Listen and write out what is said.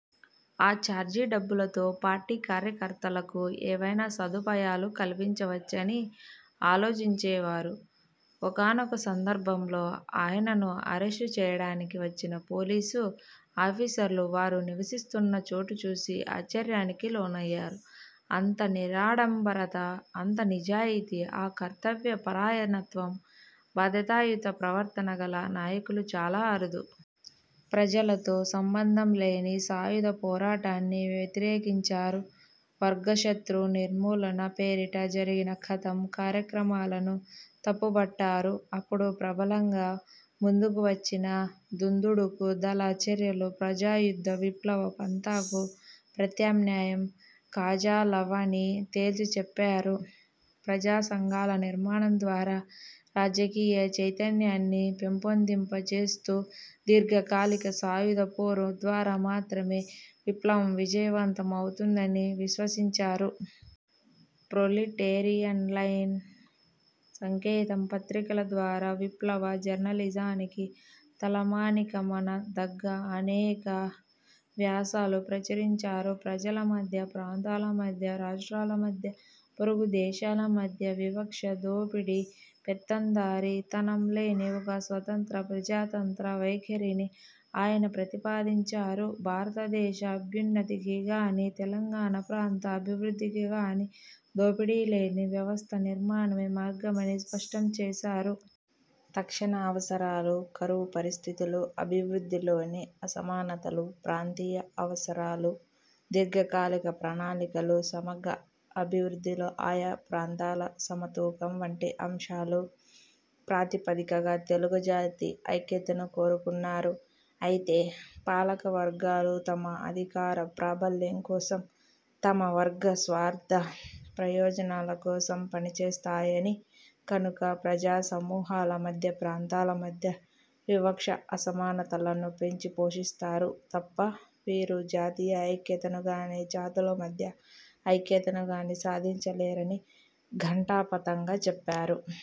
ఆ ఛార్జీ డబ్బులతో పార్టీ కార్యకర్తలకు ఏవైనా సదుపాయాలు కల్పించవచ్చని ఆలోచించేవారు. ఒకానొక సందర్భంలో ఆయనను అరెస్టు చేయడానికి వచ్చిన పోలీసు ఆఫీసర్లు వారు నివసిస్తున్న చోటుచూసి ఆశ్చర్యానికి లోనయ్యారు. అంత నిరాడంబరత, అంత నిజాయితీ, ఆ కర్తవ్య పరాయణత్వం, బాధ్యతాయుత ప్రవర్తన గల నాయకులు చాలా అరుదు. ప్రజలతో సంబంధంలేని సాయుధ పోరాటాన్ని వ్యతిరేకించారు. వర్గశతృ నిర్మూలన పేరిట జరిగిన 'ఖతం' కార్యక్రమాలను తప్పుబట్టారు. అప్పుడు ప్రబలంగా ముందుకు వచ్చిన దుందుడుకు దళ చర్యలు ప్రజాయుద్ధ విప్లవ పంథాకు ప్రత్యామ్నాయం కాజాలవని తేల్చి చెప్పారు. ప్రజాసంఘాల నిర్మాణం ద్వారా రాజకీయ చైతన్యాన్ని పెంపొందింప చేస్తూ, దీర్ఘకాలిక సాయుధ పోరు ద్వారా మాత్రమే విప్లవం విజయవంతం అవుతుందని విశ్వసించారు. ప్రొలిటేరియన్ లైన్, సంకేతం పత్రికల ద్వారా విప్లవ జర్నలిజానికి తలమానికమనదగ్గ అనేక వ్యాసాలు ప్రచురించారు. ప్రజలమధ్య, ప్రాంతాలమధ్య, రాష్ట్రాల మధ్య, పొరుగుదేశాల మధ్య వివక్ష, దోపిడీ, పెత్తందారీ తనం లేని ఒక స్వతంత్ర ప్రజాతంత్ర వైఖరిని ఆయన ప్రతిపాదించారు. భారత దేశ అభ్యున్నతికి గానీ తెలంగాణ ప్రాంత అభివృద్ధికి గానీ దోపిడీ లేని వ్యవస్థ నిర్మాణమే మార్గమని స్పష్టం చేసారు. తక్షణ అవసరాలు, కరువు పరిస్థితులు, అభివృద్ధిలోని అసమానతలు, ప్రాంతీయ అవసరాలు, దీర్ఘకాలిక ప్రణాళికలు, సమగ అభివృద్ధిలో ఆయా ప్రాంతాల సమతూకం వంటి అంశాలు ప్రాతిపదికగా తెలుగుజాతి ఐక్యతను కోరుకున్నారు. అయితే పాలకవర్గాలు తమ అధికార ప్రాబల్యం కోసం, తమ వర్గ స్వార్ధ ప్రయోజనాల కోసం పనిచేస్తాయని, కనుక ప్రజా సమూహాల మధ్య, ప్రాంతాల మధ్య వివక్ష, అసమానతలను పెంచిపోషిస్తారు తప్ప వీరు జాతీయ ఐక్యతను గానీ, జాతుల మధ్య ఐక్యతను గానీ సాధించలేరని ఘంటాపథంగా చెప్పారు.